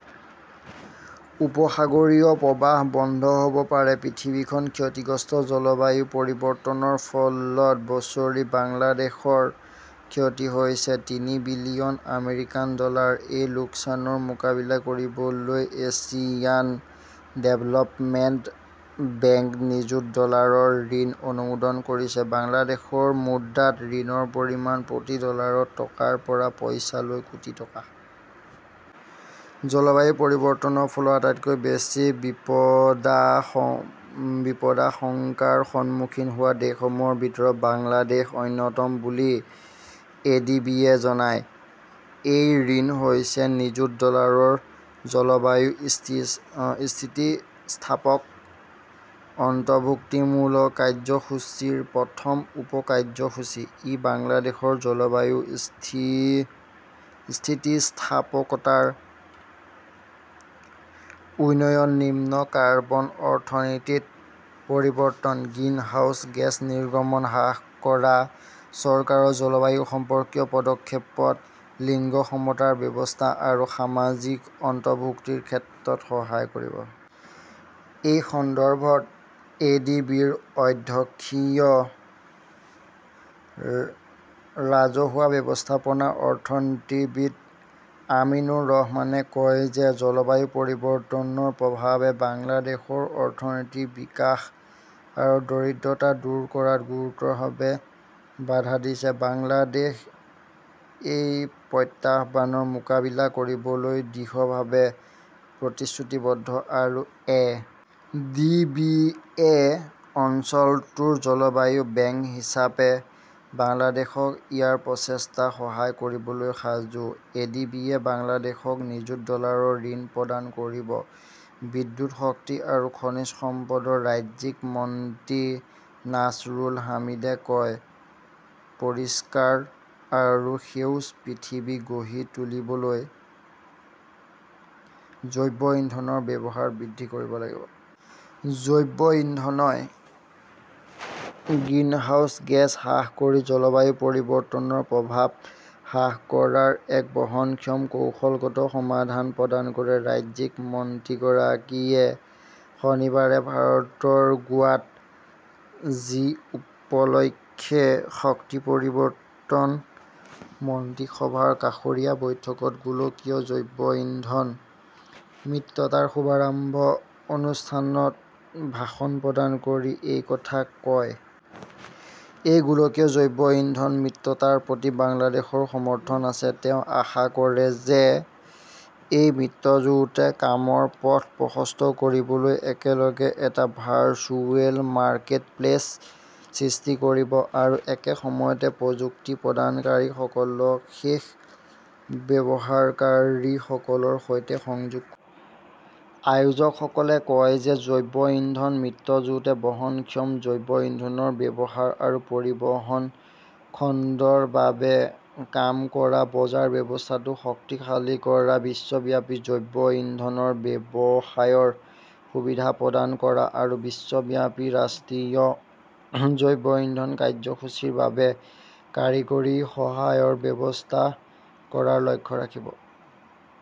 উপসাগৰীয় প্ৰবাহ বন্ধ হ'ব পাৰে, পৃথিৱীখন ক্ষতিগ্ৰস্ত জলবায়ু পৰিৱৰ্তনৰ ফলত বছৰি বাংলাদেশৰ ক্ষতি হৈছে তিনি বিলিয়ন আমেৰিকান ডলাৰ। এই লোকচানৰ মোকাবিলা কৰিবলৈ এছিয়ান ডেভেলপমেণ্ট বেংকে নিযুত ডলাৰৰ ঋণ অনুমোদন কৰিছে। বাংলাদেশৰ মুদ্ৰাত ঋণৰ পৰিমাণ প্ৰতি ডলাৰত টকাৰ পৰা পইচালৈ কোটি টকা। জলবায়ু পৰিৱৰ্তনৰ ফলত আটাইতকৈ বেছি বিপদাশংকাৰ সন্মুখীন হোৱা দেশসমূহৰ ভিতৰত বাংলাদেশ অন্যতম বুলি এডিবি-য়ে জনায়। এই ঋণ হৈছে নিযুত ডলাৰৰ জলবায়ু-স্থিতিস্থাপক অন্তৰ্ভুক্তিমূলক কাৰ্যসূচীৰ প্ৰথম উপ-কাৰ্যসূচী। ই বাংলাদেশৰ জলবায়ু স্থিতিস্থাপকতাৰ উন্নয়ন, নিম্ন কাৰ্বন অৰ্থনীতিত পৰিৱৰ্তন, গ্ৰিনহাউজ গেছ নিৰ্গমন হ্ৰাস কৰা, চৰকাৰৰ জলবায়ু সম্পৰ্কীয় পদক্ষেপত লিংগ-সমতাৰ ব্যৱস্থা আৰু সামাজিক অন্তৰ্ভুক্তিৰ ক্ষেত্ৰত সহায় কৰিব। এই সন্দৰ্ভত এ. ডি. বি. -ৰ অধ্যক্ষীয় ৰাজহুৱা ব্যৱস্থাপনা অৰ্থনীতিবিদ আমিনুৰ ৰহমানে কয় যে জলবায়ু পৰিৱৰ্তনৰ প্ৰভাৱে বাংলাদেশৰ অৰ্থনৈতিক বিকাশ আৰু দৰিদ্ৰতা দূৰ কৰাত গুৰুতৰভাৱে বাধা দিছে। বাংলাদেশ এই প্ৰত্যাহ্বানৰ মোকাবিলা কৰিবলৈ দৃঢ়ভাৱে প্ৰতিশ্ৰুতিবদ্ধ আৰু এ. ডি. বি. -য়ে অঞ্চলটোৰ জলবায়ু বেংক হিচাপে বাংলাদেশক ইয়াৰ প্ৰচেষ্টাত সহায় কৰিবলৈ সাজু। এডিবিয়ে বাংলাদেশক নিযুত ডলাৰৰ ঋণ প্ৰদান কৰিব বিদ্যুৎ শক্তি আৰু খনিজ সম্পদৰ ৰাজ্যিক মন্ত্ৰী নাছৰুল হামিদে কয়, পৰিষ্কাৰ আৰু সেউজ পৃথিৱী গঢ়ি তুলিবলৈ জৈৱ ইন্ধনৰ ব্যৱহাৰ বৃদ্ধি কৰিব লাগিব। জৈৱ ইন্ধনই গ্ৰিনহাউজ গেছ হ্ৰাস কৰি জলবায়ু পৰিৱৰ্তনৰ প্ৰভাৱ হ্ৰাস কৰাৰ এক বহনক্ষম কৌশলগত সমাধান প্ৰদান কৰে। ৰাজ্যিক মন্ত্ৰীগৰাকীয়ে শনিবাৰে ভাৰতৰ গোৱাত জি- উপলক্ষে 'শক্তি পৰিৱৰ্তন মন্ত্ৰী সভা ৰ কাষৰীয়া বৈঠকত' গোলকীয় জৈৱ ইন্ধন মিত্ৰতাৰ শুভাৰম্ভ অনুষ্ঠানত ভাষণ প্ৰদান কৰি এই কথা কয়। এই গোলকীয় জৈৱ ইন্ধন মিত্ৰতাৰ প্ৰতি বাংলাদেশৰ সমৰ্থন আছে। তেওঁ আশা কৰে যে এই মিত্ৰজোঁটে কামৰ পথ প্ৰশস্ত কৰিবলৈ একেলগে এটা ভাৰ্চুৱেল মাৰ্কেটপ্লেচ সৃষ্টি কৰিব আৰু একে সময়তে প্ৰযুক্তি প্ৰদানকাৰীসকলক শেষ ব্যৱহাৰকাৰীসকলৰ সৈতে সংযোগ কৰিব। আয়োজকসকলে কয় যে জৈৱ ইন্ধন মিত্ৰজোঁটে বহনক্ষম জৈৱ ইন্ধনৰ ব্যৱহাৰ আৰু পৰিবহণ খণ্ডৰ বাবে কাম কৰা, বজাৰ ব্যৱস্থাটোক শক্তিশালী কৰা, বিশ্বব্যাপী জৈৱ ইন্ধনৰ ব্যৱসায়ৰ সুবিধা প্ৰদান কৰা আৰু বিশ্বব্যাপী ৰাষ্ট্ৰীয় জৈৱ ইন্ধন কাৰ্যসূচীৰ বাবে কাৰিকৰী সহায়ৰ ব্যৱস্থা কৰাৰ লক্ষ্য ৰাখিব।